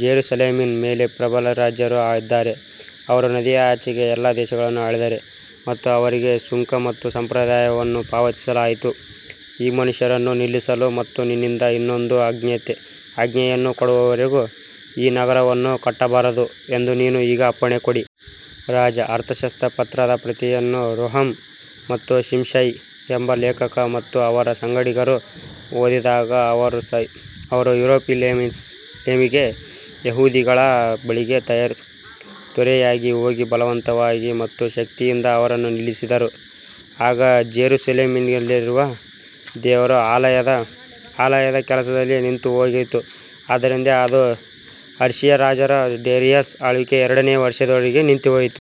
ಜೆರುಸಲೇಮಿನ ಮೇಲೆ ಪ್ರಬಲ ರಾಜರು ಇದ್ದಾರೆ, ಅವರು ನದಿಯ ಆಚೆಗಿನ ಎಲ್ಲಾ ದೇಶಗಳನ್ನು ಆಳಿದರು ಮತ್ತು ಅವರಿಗೆ ಸುಂಕ ಮತ್ತು ಸಂಪ್ರದಾಯವನ್ನು ಪಾವತಿಸಲಾಯಿತು. ಈ ಮನುಷ್ಯರನ್ನು ನಿಲ್ಲಿಸಲು ಮತ್ತು ನನ್ನಿಂದ ಇನ್ನೊಂದು ಆಜ್ಞೆಯನ್ನು ಕೊಡುವವರೆಗೂ ಈ ನಗರವನ್ನು ಕಟ್ಟಬಾರದು ಎಂದು ನೀವು ಈಗ ಅಪ್ಪಣೆ ಕೊಡಿ. ರಾಜ ಅರ್ತಷಸ್ತ ಪತ್ರದ ಪ್ರತಿಯನ್ನು ರೆಹೂಮ್ ಮತ್ತು ಶಿಂಶೈ ಎಂಬ ಲೇಖಕ ಮತ್ತು ಅವರ ಸಂಗಡಿಗರು ಓದಿದಾಗ ಅವರು ಯೆರೂಸಲೇಮಿಗೆ ಯಹೂದಿಗಳ ಬಳಿಗೆ ತ್ವರೆಯಾಗಿ ಹೋಗಿ ಬಲವಂತವಾಗಿ ಮತ್ತು ಶಕ್ತಿಯಿಂದ ಅವರನ್ನು ನಿಲ್ಲಿಸಿದರು. ಆಗ ಜೆರುಸಲೇಮಿನಲ್ಲಿರುವ ದೇವರ ಆಲಯದ ಕೆಲಸವು ನಿಂತುಹೋಯಿತು, ಆದ್ದರಿಂದ ಅದು ಪರ್ಷಿಯಾದ ರಾಜ ಡೇರಿಯಸ್ ಆಳ್ವಿಕೆಯ ಎರಡನೇ ವರ್ಷದವರೆಗೆ ನಿಂತುಹೋಯಿತು.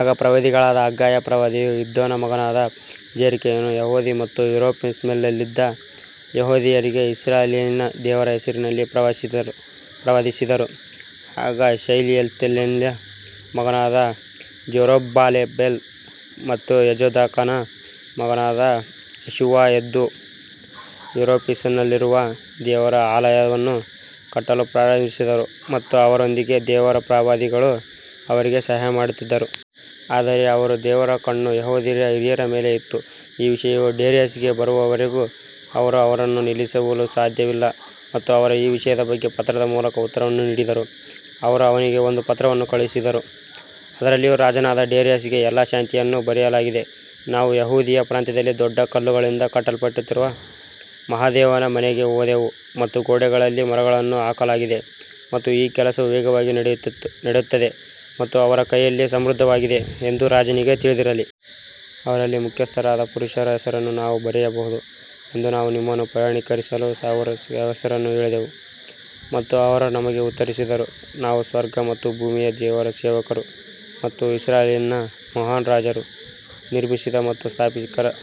ಆಗ ಪ್ರವಾದಿಗಳಾದ ಹಗ್ಗಾಯ ಪ್ರವಾದಿಯೂ ಇದ್ದೋನ ಮಗನಾದ ಜೆಕರೀಯನೂ ಯೆಹೂದ ಮತ್ತು ಯೆರೂಸಲೇಮಿನಲ್ಲಿದ್ದ ಯೆಹೂದ್ಯರಿಗೆ ಇಸ್ರಾಯೇಲಿನ ದೇವರ ಹೆಸರಿನಲ್ಲಿ ಪ್ರವಾದಿಸಿದರು. ಆಗ ಶೆಯಲ್ತೀಯೇಲನ ಮಗನಾದ ಜೆರುಬ್ಬಾಬೆಲ್ ಮತ್ತು ಯೋಜಾದಾಕನ ಮಗನಾದ ಯೇಷುವಾ ಎದ್ದು ಯೆರೂಸಲೇಮಿನಲ್ಲಿರುವ ದೇವರ ಆಲಯವನ್ನು ಕಟ್ಟಲು ಪ್ರಾರಂಭಿಸಿದರು ಮತ್ತು ಅವರೊಂದಿಗೆ ದೇವರ ಪ್ರವಾದಿಗಳು ಅವರಿಗೆ ಸಹಾಯಮಾಡುತ್ತಿದ್ದರು. ಆದರೆ ಅವರ ದೇವರ ಕಣ್ಣು ಯೆಹೂದ್ಯರ ಹಿರಿಯರ ಮೇಲೆ ಇತ್ತು, ಈ ವಿಷಯವು ಡೇರಿಯಸ್ಗೆ ಬರುವವರೆಗೂ ಅವರು ಅವರನ್ನು ನಿಲ್ಲಿಸಲು ಸಾಧ್ಯವಿಲ್ಲ ಮತ್ತು ಅವರು ಈ ವಿಷಯದ ಬಗ್ಗೆ ಪತ್ರದ ಮೂಲಕ ಉತ್ತರವನ್ನು ನೀಡಿದರು. ಅವರು ಅವನಿಗೆ ಒಂದು ಪತ್ರವನ್ನು ಕಳುಹಿಸಿದರು, ಅದರಲ್ಲಿ ರಾಜನಾದ ಡೇರಿಯಸ್ಗೆ ಎಲ್ಲಾ ಶಾಂತಿಯನ್ನು ಬರೆಯಲಾಗಿದೆ ನಾವು ಯೆಹೂದದ ಪ್ರಾಂತ್ಯದಲ್ಲಿ ದೊಡ್ಡ ಕಲ್ಲುಗಳಿಂದ ಕಟ್ಟಲ್ಪಟ್ಟಿರುವ ಮಹಾದೇವನ ಮನೆಗೆ ಹೋದೆವು ಮತ್ತು ಗೋಡೆಗಳಲ್ಲಿ ಮರಗಳನ್ನು ಹಾಕಲಾಗಿದೆ ಮತ್ತು ಈ ಕೆಲಸವು ವೇಗವಾಗಿ ನಡೆಯುತ್ತದೆ ಮತ್ತು ಅವರ ಕೈಯಲ್ಲಿ ಸಮೃದ್ಧವಾಗಿದೆ ಎಂದು ರಾಜನಿಗೆ ತಿಳಿದಿರಲಿ. ಅವರಲ್ಲಿ ಮುಖ್ಯಸ್ಥರಾದ ಪುರುಷರ ಹೆಸರನ್ನು ನಾವು ಬರೆಯಬಹುದು ಎಂದು ನಾವು ನಿಮ್ಮನ್ನು ಪ್ರಮಾಣೀಕರಿಸಲು ಅವರ ಹೆಸರನ್ನು ಕೇಳಿದೆವು. ಮತ್ತು ಅವರು ನಮಗೆ ಉತ್ತರಿಸಿದರು, ನಾವು ಸ್ವರ್ಗ ಮತ್ತು ಭೂಮಿಯ ದೇವರ ಸೇವಕರು ಮತ್ತು ಇಸ್ರಾಯೇಲಿನ ಮಹಾನ್ ರಾಜನು ನಿರ್ಮಿಸಿದ ಮತ್ತು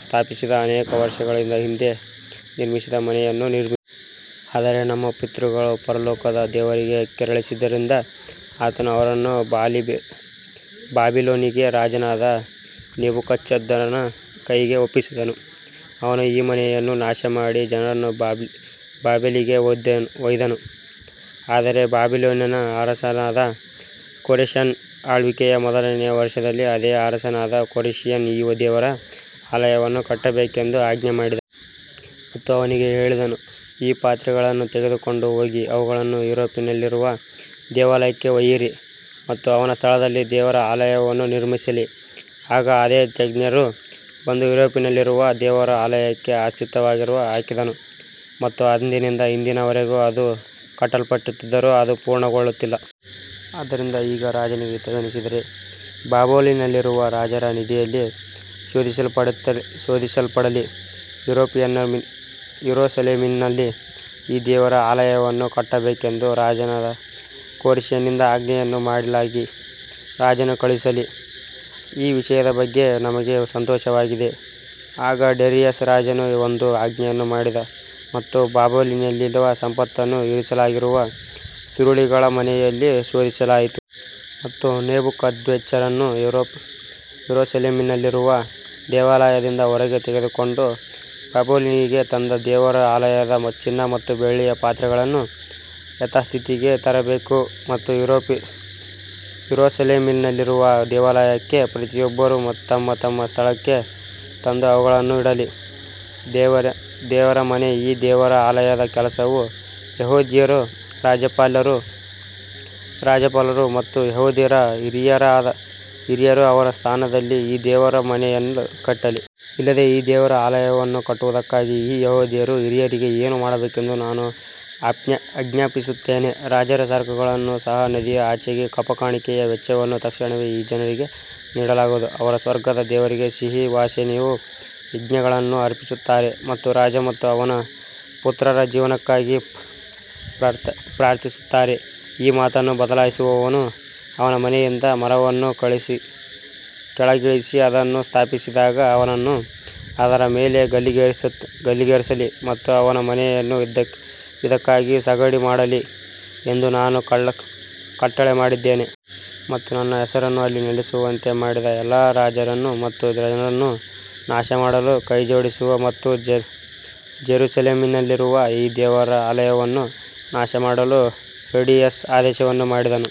ಸ್ಥಾಪಿಸಿದ ಅನೇಕ ವರ್ಷಗಳ ಹಿಂದೆ ನಿರ್ಮಿಸಿದ ಮನೆಯನ್ನು ನಿರ್ಮಿಸಿ. ಆದರೆ ನಮ್ಮ ಪಿತೃಗಳು ಪರಲೋಕದ ದೇವರನ್ನು ಕೆರಳಿಸಿದ್ದರಿಂದ ಆತನು ಅವರನ್ನು ಬಾಬಿಲೋನಿನ ರಾಜನಾದ ನೆಬೂಕದ್ನೆಚ್ಚರನ ಕೈಗೆ ಒಪ್ಪಿಸಿದನು, ಅವನು ಈ ಮನೆಯನ್ನು ನಾಶಮಾಡಿ ಜನರನ್ನು ಬಾಬೆಲಿಗೆ ಒಯ್ದನು. ಆದರೆ ಬಾಬಿಲೋನಿನ ಅರಸನಾದ ಕೋರೆಷನ ಆಳ್ವಿಕೆಯ ಮೊದಲನೆಯ ವರ್ಷದಲ್ಲಿ ಅದೇ ಅರಸನಾದ ಕೋರೆಷನು ಈ ದೇವರ ಆಲಯವನ್ನು ಕಟ್ಟಬೇಕೆಂದು ಆಜ್ಞೆ ಮಾಡಿದನು. ಮತ್ತು ಅವನಿಗೆ ಹೇಳಿದನು, ಈ ಪಾತ್ರೆಗಳನ್ನು ತೆಗೆದುಕೊಂಡು ಹೋಗಿ ಅವುಗಳನ್ನು ಯೆರೂಸಲೇಮಿನಲ್ಲಿರುವ ದೇವಾಲಯಕ್ಕೆ ಒಯ್ಯಿರಿ ಮತ್ತು ಅವನ ಸ್ಥಳದಲ್ಲಿ ದೇವರ ಆಲಯವನ್ನು ನಿರ್ಮಿಸಲಿ. ಆಗ ಅದೇ ಶೇಷ್ಬಜ್ಜರನು ಬಂದು ಯೆರೂಸಲೇಮಿನಲ್ಲಿರುವ ದೇವರ ಆಲಯಕ್ಕೆ ಅಸ್ತಿವಾರವನ್ನು ಹಾಕಿದನು ಮತ್ತು ಅಂದಿನಿಂದ ಇಂದಿನ ವರೆಗೂ ಅದು ಕಟ್ಟಲ್ಪಟ್ಟಿದ್ದರೂ ಅದು ಪೂರ್ಣಗೊಳ್ಳಲಿಲ್ಲ. ಆದದರಿಂದ ಈಗ ರಾಜನಿಗೆ ಹಿತವೆನಿಸಿದರೆ ಬಾಬಿಲೋನಿನಲ್ಲಿರುವ ರಾಜರ ನಿಧಿಯಲ್ಲಿ ಶೋಧಿಸಲ್ಪಡಲಿ, ಯೆರೂಸಲೇಮಿನಲ್ಲಿ ಈ ದೇವರ ಆಲಯವನ್ನು ಕಟ್ಟಬೇಕೆಂದು ರಾಜನಾದ ಕೋರೆಷನಿಂದ ಆಜ್ಞೆಯನ್ನು ಮಾಡಲಾಗಿ ರಾಜನು ಕಳುಹಿಸಲಿ. ಈ ವಿಷಯದ ಬಗ್ಗೆ ನಮಗೆ ಸಂತೋಷವಾಗಿದೆ ಆಗ ಡೇರಿಯಸ್ ರಾಜನು ಒಂದು ಆಜ್ಞೆಯನ್ನು ಮಾಡಿದನು ಮತ್ತು ಬಾಬಿಲೋನಿನಲ್ಲಿ ಸಂಪತ್ತನ್ನು ಇರಿಸಲಾಗಿರುವ ಸುರುಳಿಗಳ ಮನೆಯಲ್ಲಿ ಶೋಧಿಸಲಾಯಿತು. ಮತ್ತು ನೆಬೂಕದ್ನೆಚ್ಚರನು ಯೆರೂಸಲೇಮಿನಲ್ಲಿರುವ ದೇವಾಲಯದಿಂದ ಹೊರಗೆ ತೆಗೆದುಕೊಂಡು ಬಾಬಿಲೋನಿಗೆ ತಂದ ದೇವರ ಆಲಯದ ಚಿನ್ನ ಮತ್ತು ಬೆಳ್ಳಿಯ ಪಾತ್ರೆಗಳನ್ನು ಯಥಾಸ್ಥಿತಿಗೆ ತರಬೇಕು ಮತ್ತು ಯೆರೂಸಲೇಮಿನಲ್ಲಿರುವ ದೇವಾಲಯಕ್ಕೆ ಪ್ರತಿಯೊಬ್ಬರು ತಮ್ಮ ತಮ್ಮ ಸ್ಥಳಕ್ಕೆ ತಂದು ಅವುಗಳನ್ನು ಇಡಲಿ. ದೇವರ ಮನೆ ಈ ದೇವರ ಆಲಯದ ಕೆಲಸವು ಯೆಹೂದ್ಯರ ರಾಜ್ಯಪಾಲರು ಮತ್ತು ಯೆಹೂದ್ಯರ ಹಿರಿಯರು ಅವನ ಸ್ಥಾನದಲ್ಲಿ ಈ ದೇವರ ಮನೆಯನ್ನು ಕಟ್ಟಲಿ. ಇದಲ್ಲದೆ ಈ ದೇವರ ಆಲಯವನ್ನು ಕಟ್ಟುವುದಕ್ಕಾಗಿ ಈ ಯೆಹೂದ್ಯರ ಹಿರಿಯರಿಗೆ ಏನು ಮಾಡಬೇಕೆಂದು ನಾನು ಆಜ್ಞಾಪಿಸುತ್ತೇನೆ, ರಾಜರ ಸರಕುಗಳನ್ನು ಸಹ ನದಿಯ ಆಚೆಗಿನ ಕಪ್ಪಕಾಣಿಕೆಯ ವೆಚ್ಚವನ್ನು ತಕ್ಷಣವೇ ಈ ಜನರಿಗೆ ನೀಡಲಾಗುವುದು. ಅವರು ಸ್ವರ್ಗದ ದೇವರಿಗೆ ಸಿಹಿ ಸುವಾಸನೆಯ ಯಜ್ಞಗಳನ್ನು ಅರ್ಪಿಸುತ್ತಾರೆ ಮತ್ತು ರಾಜ ಮತ್ತು ಅವನ ಪುತ್ರರ ಜೀವನಕ್ಕಾಗಿ ಪ್ರಾರ್ಥಿಸುತ್ತಾರೆ ಈ ಮಾತನ್ನು ಬದಲಾಯಿಸುವವನು ಅವನ ಮನೆಯಿಂದ ಮರವನ್ನು ಕೆಳಗಿಳಿಸಿ ಅದನ್ನು ಸ್ಥಾಪಿಸಿದಾಗ ಅವನನ್ನು ಅದರ ಮೇಲೆ ಗಲ್ಲಿಗೇರಿಸಲಿ ಮತ್ತು ಅವನ ಮನೆಯನ್ನು ಇದಕ್ಕಾಗಿ ಸಗಣಿ ಮಾಡಲಿ ಎಂದು ನಾನು ಕಟ್ಟಳೆ ಮಾಡಿದ್ದೇನೆ. ಮತ್ತು ತನ್ನ ಹೆಸರನ್ನು ಅಲ್ಲಿ ನೆಲೆಸುವಂತೆ ಮಾಡಿದ ದೇವರು ಎಲ್ಲಾ ರಾಜರನ್ನು ಮತ್ತು ಜನರನ್ನು ನಾಶಮಾಡಲು ಕೈಜೋಡಿಸುವ ಮತ್ತು ಜೆರುಸಲೇಮಿನಲ್ಲಿರುವ ಈ ದೇವರ ಆಲಯವನ್ನು ನಾಶಮಾಡಲು ಡೇರಿಯಸ್ ಆದೇಶವನ್ನು ಮಾಡಿದನು.